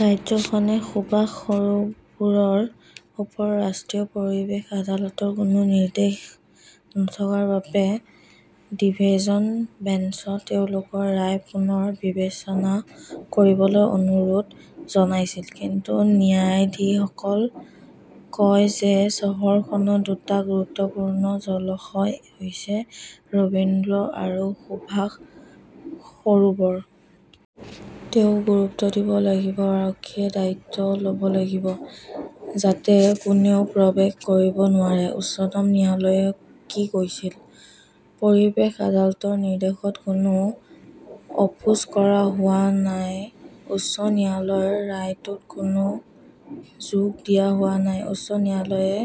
ৰাজ্যখনে সুভাষ সৰোবৰৰ ওপৰত ৰাষ্ট্ৰীয় পৰিৱেশ আদালতৰ কোনো নিৰ্দেশ নথকাৰ বাবে ডিভিজন বেঞ্চত তেওঁলোকৰ ৰায় পুনৰ বিবেচনা কৰিবলৈ অনুৰোধ জনাইছিল। কিন্তু ন্যায়াধীশসকলে কয় যে চহৰখনৰ দুটা গুৰুত্বপূৰ্ণ জলাশয় হৈছে ৰবীন্দ্ৰ আৰু সুভাষ সৰোবৰ। তেওঁ গুৰুত্ব দিব লাগিব। আৰক্ষীয়েও দায়িত্ব লব লাগিব, যাতে কোনেও প্ৰৱেশ কৰিব নোৱাৰে। উচ্চতম ন্যায়ালয়ে কি কৈছিল; পৰিৱেশ আদালতৰ নিৰ্দেশত কোনো আপোচ কৰা হোৱা নাই, উচ্চ ন্যায়ালয়ৰ ৰায়টোত কোনো যোগ দিয়া হোৱা নাই, উচ্চ ন্যায়ালয়ে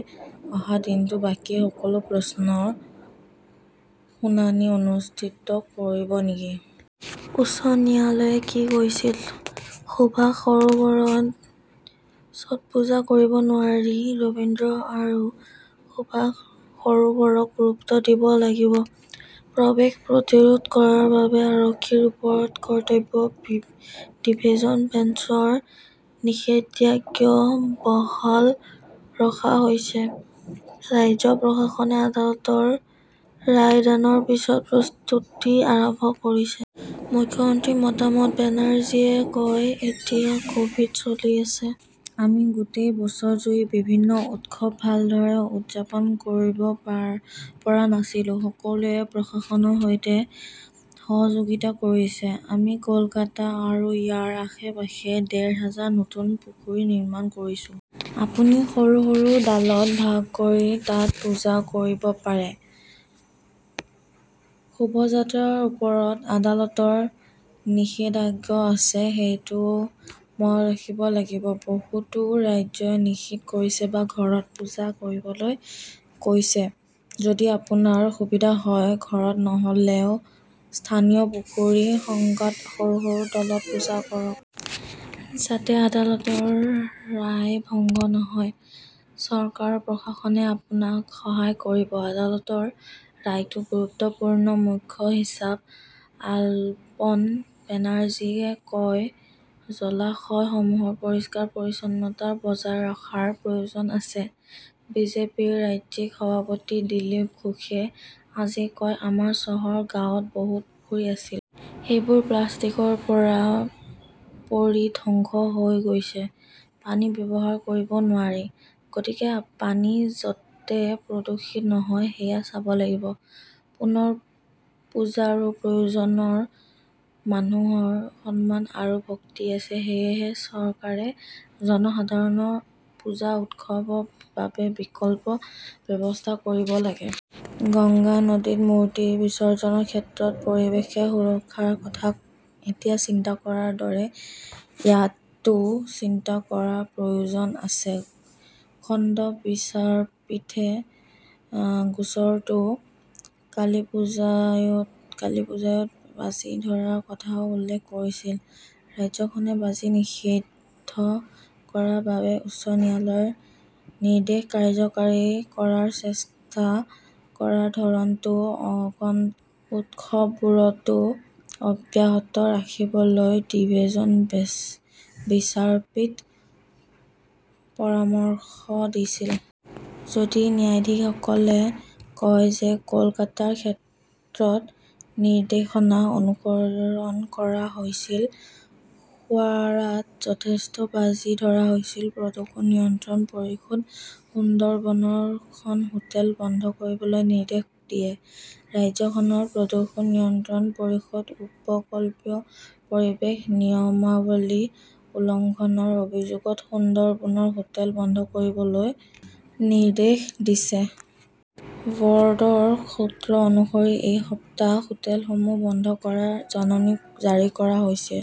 অহা দিনটোত বাকী সকলো প্ৰশ্নৰ শুনানি অনুষ্ঠিত কৰিব নেকি? উচ্চ ন্যায়ালয়ে কি কৈছিল; সুভাষ সৰোবৰত ছটপূজা কৰিব নোৱাৰি, ৰবীন্দ্ৰ আৰু সুভাষ সৰোবৰক গুৰুত্ব দিব লাগিব। প্ৰৱেশ প্ৰতিৰোধ কৰাৰ বাবে আৰক্ষীৰ ওপৰত কৰ্তব্য, ডিভিজন বেঞ্চৰ নিষেধাজ্ঞা বহাল ৰখা হৈছে; ৰাজ্য প্ৰশাসনে আদালতৰ ৰায়দানৰ পিছত প্ৰস্তুতি আৰম্ভ কৰিছে। মুখ্যমন্ত্ৰী মমতা বেনাৰ্জীয়ে কয়, এতিয়া কভিড চলি আছে। আমি গোটেই বছৰজুৰি বিভিন্ন উৎসৱ ভালদৰে উদযাপন কৰিব পৰা নাছিলো। সকলোৱে প্ৰশাসনৰ সৈতে সহযোগিতা কৰিছে। আমি কলকাতা আৰু ইয়াৰ আশে-পাশে ডেৰ হাজাৰ নতুন পুখুৰী নিৰ্মাণ কৰিছো। আপুনি সৰু-সৰু দলত ভাগ কৰি তাত পূজা কৰিব পাৰে। শোভাযাত্ৰাৰ ওপৰত আদালতৰ নিষেধাজ্ঞা আছে। সেইটোও মনত ৰাখিব লাগিব। বহুতো ৰাজ্যই নিষিদ্ধ কৰিছে বা ঘৰত পূজা কৰিবলৈ কৈছে। যদি আপোনাৰ সুবিধা হয়, ঘৰত, নহ 'লে স্থানীয় পুখুৰী গঙ্গাত সৰু-সৰু দলত পূজা কৰক। যাতে আদালতৰ ৰায় ভংগ নহয়। চৰকাৰ-প্ৰশাসনে আপোনাক সহায় কৰিব। আদালতৰ ৰায়টো গুৰুত্বপূৰ্ণ, মুখ্য সচিব আলাপন বেনাৰ্জীয়ে কয়। জলাশয়সমূহৰ পৰিষ্কাৰ-পৰিচ্ছন্নতা বজাই ৰখাৰ প্ৰয়োজন আছে, বিজেপিৰ ৰাজ্যিক সভাপতি দিলীপ ঘোষে আজি কয়। আমাৰ চহৰ-গাঁৱত বহুতো পুখুৰী আছিল। সেইবোৰ প্লাষ্টিকৰ পৰা পৰি ধ্বংস হৈ গৈছে। পানী ব্যৱহাৰ কৰিব নোৱাৰি। গতিকে পানী যাতে প্ৰদূষিত নহয় সেয়া চাব লাগিব। পুনৰ পূজাৰো প্ৰয়োজন, মানুহৰ সন্মান আৰু ভক্তি আছে। সেয়েহে চৰকাৰে জনসাধাৰণৰ পূজা-উৎসৱৰ বাবে বিকল্প ব্যৱস্থা কৰিব লাগে। গংগা নদীত মূৰ্তি বিসৰ্জনৰ ক্ষেত্ৰত পৰিৱেশ সুৰক্ষাৰ কথা এতিয়া চিন্তা কৰাৰ দৰে ইয়াতও চিন্তা কৰাৰ প্ৰয়োজন আছে। খণ্ড বিচাৰপীঠে গোচৰটোত কালিপ্পুজোয়ত বাজি ধৰাৰ কথাও উল্লেখ কৰিছিল। ৰাজ্যখনে বাজি নিষিদ্ধ কৰাৰ বাবে উচ্চ ন্যায়ালয়ৰ নিৰ্দেশ কাৰ্যকৰী কৰাৰ চেষ্টা কৰাৰ ধৰণটো আগন্তুক উৎসৱবোৰতো অব্যাহত ৰাখিবলৈ ডিভিজন বিচাৰপীঠে পৰামৰ্শ দিছিল। যদিও ন্যায়াধীশসকলে কয় যে কলকাতাৰ ক্ষেত্ৰত নিৰ্দেশনা অনুসৰণ কৰা হৈছিল, হাৱাৰাত যথেষ্ট বাজি ধৰা হৈছিল। প্ৰদূষণ নিয়ন্ত্ৰণ পৰিষদে সুন্দৰবনৰ খন হোটেল বন্ধ কৰিবলৈ নিৰ্দেশ দিয়ে, ৰাজ্যখনৰ প্ৰদূষণ নিয়ন্ত্ৰণ পৰিষদে উপকূলীয় পৰিৱেশ নিয়মাৱলী উলংঘনৰ অভিযোগত সুন্দৰবনৰ হোটেল বন্ধ কৰিবলৈ নিৰ্দেশ দিছে। বৰ্ডৰ সূত্ৰ অনুসৰি এই সপ্তাহত হোটেলসমূহ বন্ধ কৰাৰ জাননী জাৰি কৰা হৈছে।